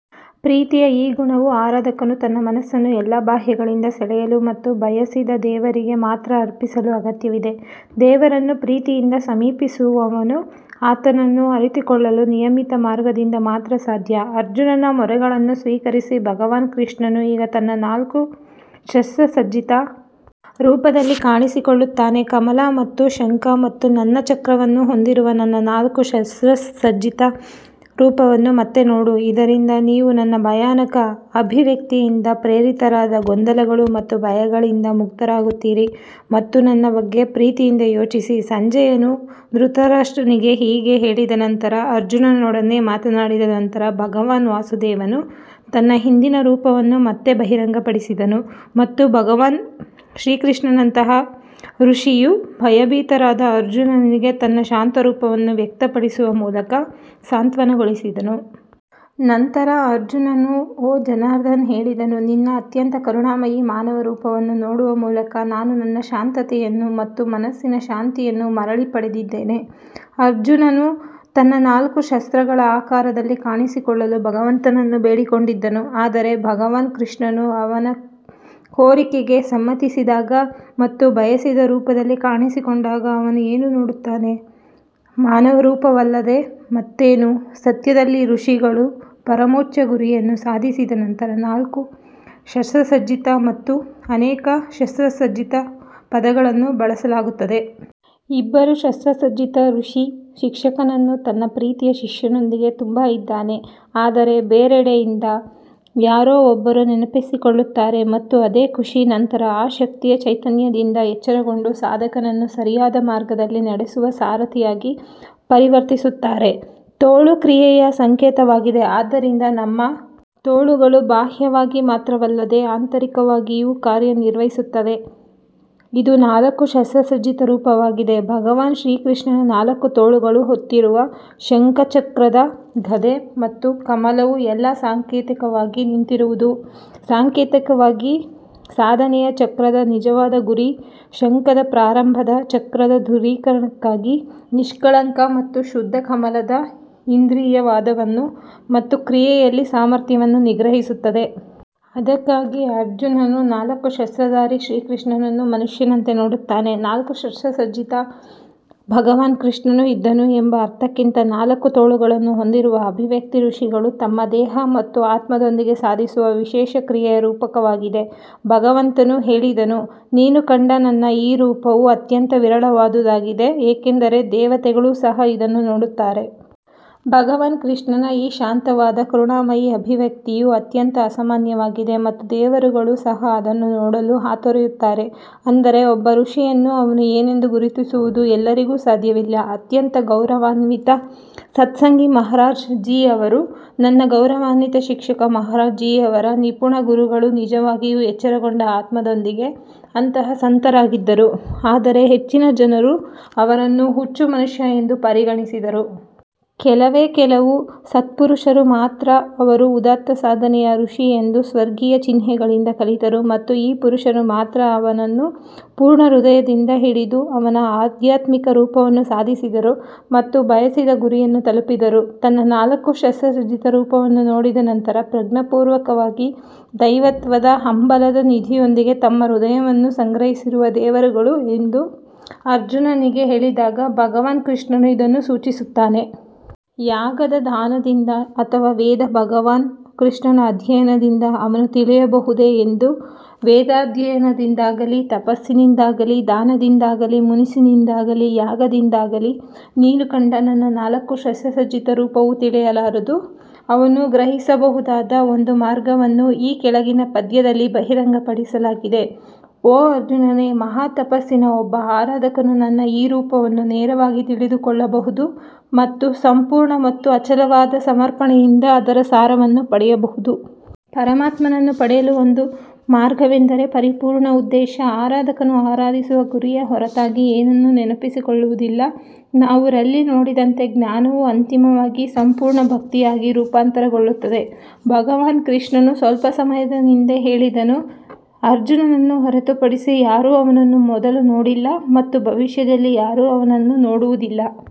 ಪ್ರೀತಿಯ ಈ ಗುಣವು ಆರಾಧಕನು ತನ್ನ ಮನಸ್ಸನ್ನು ಎಲ್ಲಾ ಬಾಹ್ಯಗಳಿಂದ ಸೆಳೆಯಲು ಮತ್ತು ಬಯಸಿದ ದೇವರಿಗೆ ಮಾತ್ರ ಅರ್ಪಿಸಲು ಅಗತ್ಯವಿದೆ ದೇವರನ್ನು ಪ್ರೀತಿಯಿಂದ ಸಮೀಪಿಸುವವನು ಆತನನ್ನು ಅರಿತುಕೊಳ್ಳಲು ನಿಯಮಿತ ಮಾರ್ಗದಿಂದ ಮಾತ್ರ ಸಾಧ್ಯ ಅರ್ಜುನನ ಮೊರೆಗಳನ್ನು ಸ್ವೀಕರಿಸಿ ಭಗವಾನ್ ಕೃಷ್ಣನು ಈಗ ತನ್ನ ನಾಲ್ಕು ಶಸ್ತ್ರಸಜ್ಜಿತ ರೂಪದಲ್ಲಿ ಕಾಣಿಸಿಕೊಳ್ಳುತ್ತಾನೆ ಕಮಲ ಮತ್ತು ಶಂಖ ಮತ್ತು ನನ್ನ ಚಕ್ರವನ್ನು ಹೊಂದಿರುವ ನನ್ನ ನಾಲ್ಕು ಶಸ್ತ್ರಸಜ್ಜಿತ ರೂಪವನ್ನು ಮತ್ತೆ ನೋಡು, ಇದರಿಂದ ನೀವು ನನ್ನ ಭಯಾನಕ ಅಭಿವ್ಯಕ್ತಿಯಿಂದ ಪ್ರೇರಿತರಾದ ಗೊಂದಲಗಳು ಮತ್ತು ಭಯಗಳಿಂದ ಮುಕ್ತರಾಗುತ್ತೀರಿ ಮತ್ತು ನನ್ನ ಬಗ್ಗೆ ಪ್ರೀತಿಯಿಂದ ಯೋಚಿಸಿ ಸಂಜಯನು ಧೃತರಾಷ್ಟ್ರನಿಗೆ ಹೀಗೆ ಹೇಳಿದ ನಂತರ ಅರ್ಜುನನೊಡನೆ ಮಾತನಾಡಿದ ನಂತರ ಭಗವಾನ್ ವಾಸುದೇವನು ತನ್ನ ಹಿಂದಿನ ರೂಪವನ್ನು ಮತ್ತೆ ಬಹಿರಂಗಪಡಿಸಿದನು ಮತ್ತು ಭಗವಾನ್ ಶ್ರೀಕೃಷ್ಣನಂತಹ ಋಷಿಯು ಭಯಭೀತರಾದ ಅರ್ಜುನನಿಗೆ ತನ್ನ ಶಾಂತ ರೂಪವನ್ನು ವ್ಯಕ್ತಪಡಿಸುವ ಮೂಲಕ ಸಾಂತ್ವನಗೊಳಿಸಿದನು. ನಂತರ ಅರ್ಜುನನು ಓ ಜನಾರ್ದನ್ ಹೇಳಿದನು, ನಿನ್ನ ಅತ್ಯಂತ ಕರುಣಾಮಯಿ ಮಾನವ ರೂಪವನ್ನು ನೋಡುವ ಮೂಲಕ ನಾನು ನನ್ನ ಶಾಂತತೆಯನ್ನು ಮತ್ತು ಮನಸ್ಸಿನ ಶಾಂತಿಯನ್ನು ಮರಳಿ ಪಡೆದಿದ್ದೇನೆ. ಅರ್ಜುನನು ತನ್ನ ನಾಲ್ಕು ಶಸ್ತ್ರಗಳ ಆಕಾರದಲ್ಲಿ ಕಾಣಿಸಿಕೊಳ್ಳಲು ಭಗವಂತನನ್ನು ಬೇಡಿಕೊಂಡಿದ್ದನು ಆದರೆ ಭಗವಾನ್ ಕೃಷ್ಣನು ಅವನ ಕೋರಿಕೆಗೆ ಸಮ್ಮತಿಸಿದಾಗ ಮತ್ತು ಬಯಸಿದ ರೂಪದಲ್ಲಿ ಕಾಣಿಸಿಕೊಂಡಾಗ ಅವನು ಏನು ನೋಡುತ್ತಾನೆ ಮಾನವ ರೂಪವಲ್ಲದೆ ಮತ್ತೇನು ಸತ್ಯದಲ್ಲಿ ಋಷಿಗಳು ಪರಮೋಚ್ಚ ಗುರಿಯನ್ನು ಸಾಧಿಸಿದ ನಂತರ ನಾಲ್ಕು ಶಸ್ತ್ರಸಜ್ಜಿತ ಮತ್ತು ಅನೇಕ ಶಸ್ತ್ರಸಜ್ಜಿತ ಪದಗಳನ್ನು ಬಳಸಲಾಗುತ್ತದೆ. ಇಬ್ಬರು ಶಸ್ತ್ರಸಜ್ಜಿತ ಋಷಿ ಶಿಕ್ಷಕನು ತನ್ನ ಪ್ರೀತಿಯ ಶಿಷ್ಯನೊಂದಿಗೆ ತುಂಬಾ ಇದ್ದಾನೆ ಆದರೆ ಬೇರೆಡೆಯಿಂದ ಯಾರೋ ಒಬ್ಬರು ನೆನಪಿಸಿಕೊಳ್ಳುತ್ತಾರೆ ಮತ್ತು ಅದೇ ಋಷಿ ನಂತರ ಆ ಶಕ್ತಿಯ ಚೈತನ್ಯದಿಂದ ಎಚ್ಚರಗೊಂಡು ಸಾಧಕನನ್ನು ಸರಿಯಾದ ಮಾರ್ಗದಲ್ಲಿ ನಡೆಸುವ ಸಾರಥಿಯಾಗಿ ಪರಿವರ್ತಿಸುತ್ತಾರೆ. ತೋಳು ಕ್ರಿಯೆಯ ಸಂಕೇತವಾಗಿದೆ ಆದ್ದರಿಂದ ನಮ್ಮ ತೋಳುಗಳು ಬಾಹ್ಯವಾಗಿ ಮಾತ್ರವಲ್ಲದೆ ಆಂತರಿಕವಾಗಿಯೂ ಕಾರ್ಯನಿರ್ವಹಿಸುತ್ತವೆ ಇದು ನಾಲ್ಕು ಶಸ್ತ್ರಸಜ್ಜಿತ ರೂಪವಾಗಿದೆ ಭಗವಾನ್ ಶ್ರೀಕೃಷ್ಣನ ನಾಲ್ಕು ತೋಳುಗಳು ಹೊತ್ತಿರುವ ಶಂಖ ಚಕ್ರದ ಗದೆ ಮತ್ತು ಕಮಲವು ಎಲ್ಲಾ ಸಾಂಕೇತಿಕವಾಗಿ ನಿಂತಿರುವುದು ಸಾಂಕೇತಿಕವಾಗಿ, ಸಾಧನೆಯ ಚಕ್ರದ ನಿಜವಾದ ಗುರಿ ಶಂಖದ ಪ್ರಾರಂಭದ ಚಕ್ರದ ದೃಢೀಕರಣಕ್ಕಾಗಿ ನಿಷ್ಕಳಂಕ ಮತ್ತು ಶುದ್ಧ ಕಮಲದ ಇಂದ್ರಿಯ ವಾದವನ್ನು ಮತ್ತು ಕ್ರಿಯೆಯಲ್ಲಿ ಸಾಮರ್ಥ್ಯವನ್ನು ನಿಗ್ರಹಿಸುತ್ತದೆ. ಅದಕ್ಕಾಗಿಯೇ ಅರ್ಜುನನು ನಾಲ್ಕು ಶಸ್ತ್ರಧಾರಿ ಶ್ರೀಕೃಷ್ಣನನ್ನು ಮನುಷ್ಯನಂತೆ ನೋಡುತ್ತಾನೆ ನಾಲ್ಕು ಶಸ್ತ್ರಸಜ್ಜಿತ ಭಗವಾನ್ ಕೃಷ್ಣನು ಇದ್ದನು ಎಂಬ ಅರ್ಥಕ್ಕಿಂತ ನಾಲ್ಕು ತೋಳುಗಳನ್ನು ಹೊಂದಿರುವ ಅಭಿವ್ಯಕ್ತಿ ಋಷಿಗಳು ತಮ್ಮ ದೇಹ ಮತ್ತು ಆತ್ಮದೊಂದಿಗೆ ಸಾಧಿಸುವ ವಿಶೇಷ ಕ್ರಿಯೆಯ ರೂಪಕವಾಗಿದೆ. ಭಗವಂತನು ಹೇಳಿದನು ನೀನು ಕಂಡ ನನ್ನ ಈ ರೂಪವು ಅತ್ಯಂತ ವಿರಳವಾದುದಾಗಿದೆ ಏಕೆಂದರೆ ದೇವತೆಗಳೂ ಸಹ ಇದನ್ನು ನೋಡುತ್ತಾರೆ. ಭಗವಾನ್ ಕೃಷ್ಣನ ಈ ಶಾಂತವಾದ ಕರುಣಾಮಯಿ ಅಭಿವ್ಯಕ್ತಿಯು ಅತ್ಯಂತ ಅಸಾಮಾನ್ಯವಾಗಿದೆ ಮತ್ತು ದೇವರುಗಳು ಸಹ ಅದನ್ನು ನೋಡಲು ಹಾತೊರೆಯುತ್ತಾರೆ ಅಂದರೆ ಒಬ್ಬ ಋಷಿಯನ್ನು ಅವನು ಏನೆಂದು ಗುರುತಿಸುವುದು ಎಲ್ಲರಿಗೂ ಸಾಧ್ಯವಿಲ್ಲ ಅತ್ಯಂತ ಗೌರವಾನ್ವಿತ ಸತ್ಸಂಗಿ ಮಹಾರಾಜ್ ಜೀ ಅವರು ನನ್ನ ಗೌರವಾನ್ವಿತ ಶಿಕ್ಷಕ ಮಹಾರಾಜ್ ಜಿಯವರ ನಿಪುಣ ಗುರುಗಳು ನಿಜವಾಗಿಯೂ ಎಚ್ಚರಗೊಂಡ ಆತ್ಮದೊಂದಿಗೆ ಅಂತಹ ಸಂತರಾಗಿದ್ದರು ಆದರೆ ಹೆಚ್ಚಿನ ಜನರು ಅವರನ್ನು ಹುಚ್ಚು ಮನುಷ್ಯ ಎಂದು ಪರಿಗಣಿಸಿದರು. ಕೆಲವೇ ಕೆಲವು ಸತ್ಪುರುಷರು ಮಾತ್ರ ಅವರು ಉದಾತ್ತ ಸಾಧನೆಯ ಋಷಿ ಎಂದು ಸ್ವರ್ಗೀಯ ಚಿಹ್ನೆಗಳಿಂದ ಕಲಿತರು ಮತ್ತು ಈ ಪುರುಷರು ಮಾತ್ರ ಅವನನ್ನು ಪೂರ್ಣ ಹೃದಯದಿಂದ ಹಿಡಿದು ಅವನ ಆಧ್ಯಾತ್ಮಿಕ ರೂಪವನ್ನು ಸಾಧಿಸಿದರು ಮತ್ತು ಬಯಸಿದ ಗುರಿಯನ್ನು ತಲುಪಿದರು. ತನ್ನ ನಾಲ್ಕು ಶಸ್ತ್ರಸಜ್ಜಿತ ರೂಪವನ್ನು ನೋಡಿದ ನಂತರ ಪ್ರಜ್ಞಾಪೂರ್ವಕವಾಗಿ ದೈವತ್ವದ ಹಂಬಲದ ನಿಧಿಯೊಂದಿಗೆ ತಮ್ಮ ಹೃದಯವನ್ನು ಸಂಗ್ರಹಿಸಿರುವ ದೇವರುಗಳು ಎಂದು ಅರ್ಜುನನಿಗೆ ಹೇಳಿದಾಗ ಭಗವಾನ್ ಕೃಷ್ಣನು ಇದನ್ನು ಸೂಚಿಸುತ್ತಾನೆ. ಯಾಗದ ದಾನದಿಂದ ಅಥವಾ ವೇದ ಭಗವಾನ್ ಕೃಷ್ಣನ ಅಧ್ಯಯನದಿಂದ ಅವನು ತಿಳಿಯಬಹುದೇ ಎಂದು ವೇದಾಧ್ಯಯನದಿಂದಾಗಲಿ, ತಪಸ್ಸಿನಿಂದಾಗಲಿ, ದಾನದಿಂದಾಗಲಿ, ಮುನಿಸಿನಿಂದಾಗಲಿ, ಯಾಗದಿಂದಾಗಲಿ, ನೀನು ಕಂಡ ನನ್ನ ನಾಲ್ಕು ಶಸ್ತ್ರಸಜ್ಜಿತ ರೂಪವು ತಿಳಿಯಲಾರದು. ಅವನು ಗ್ರಹಿಸಬಹುದಾದ ಒಂದು ಮಾರ್ಗವನ್ನು ಈ ಕೆಳಗಿನ ಪದ್ಯದಲ್ಲಿ ಬಹಿರಂಗಪಡಿಸಲಾಗಿದೆ ಓ ಅರ್ಜುನನೇ, ಮಹಾ ತಪಸ್ಸಿನ ಒಬ್ಬ ಆರಾಧಕನು ನನ್ನ ಈ ರೂಪವನ್ನು ನೇರವಾಗಿ ತಿಳಿದುಕೊಳ್ಳಬಹುದು ಮತ್ತು ಸಂಪೂರ್ಣ ಮತ್ತು ಅಚಲವಾದ ಸಮರ್ಪಣೆಯಿಂದ ಅದರ ಸಾರವನ್ನು ಪಡೆಯಬಹುದು. ಪರಮಾತ್ಮನನ್ನು ಪಡೆಯಲು ಒಂದು ಮಾರ್ಗವೆಂದರೆ ಪರಿಪೂರ್ಣ ಉದ್ದೇಶ, ಆರಾಧಕನು ಆರಾಧಿಸುವ ಗುರಿಯ ಹೊರತಾಗಿ ಏನನ್ನೂ ನೆನಪಿಸಿಕೊಳ್ಳುವುದಿಲ್ಲ ನಾವು ರಲ್ಲಿ ನೋಡಿದಂತೆ ಜ್ಞಾನವೂ ಅಂತಿಮವಾಗಿ ಸಂಪೂರ್ಣ ಭಕ್ತಿಯಾಗಿ ರೂಪಾಂತರಗೊಳ್ಳುತ್ತದೆ ಭಗವಾನ್ ಕೃಷ್ಣನು ಸ್ವಲ್ಪ ಸಮಯದ ಹಿಂದೆ ಹೇಳಿದನು, ಅರ್ಜುನನನ್ನು ಹೊರತುಪಡಿಸಿ ಯಾರೂ ಅವನನ್ನು ಮೊದಲು ನೋಡಿಲ್ಲ ಮತ್ತು ಭವಿಷ್ಯದಲ್ಲಿ ಯಾರೂ ಅವನನ್ನು ನೋಡುವುದಿಲ್ಲ.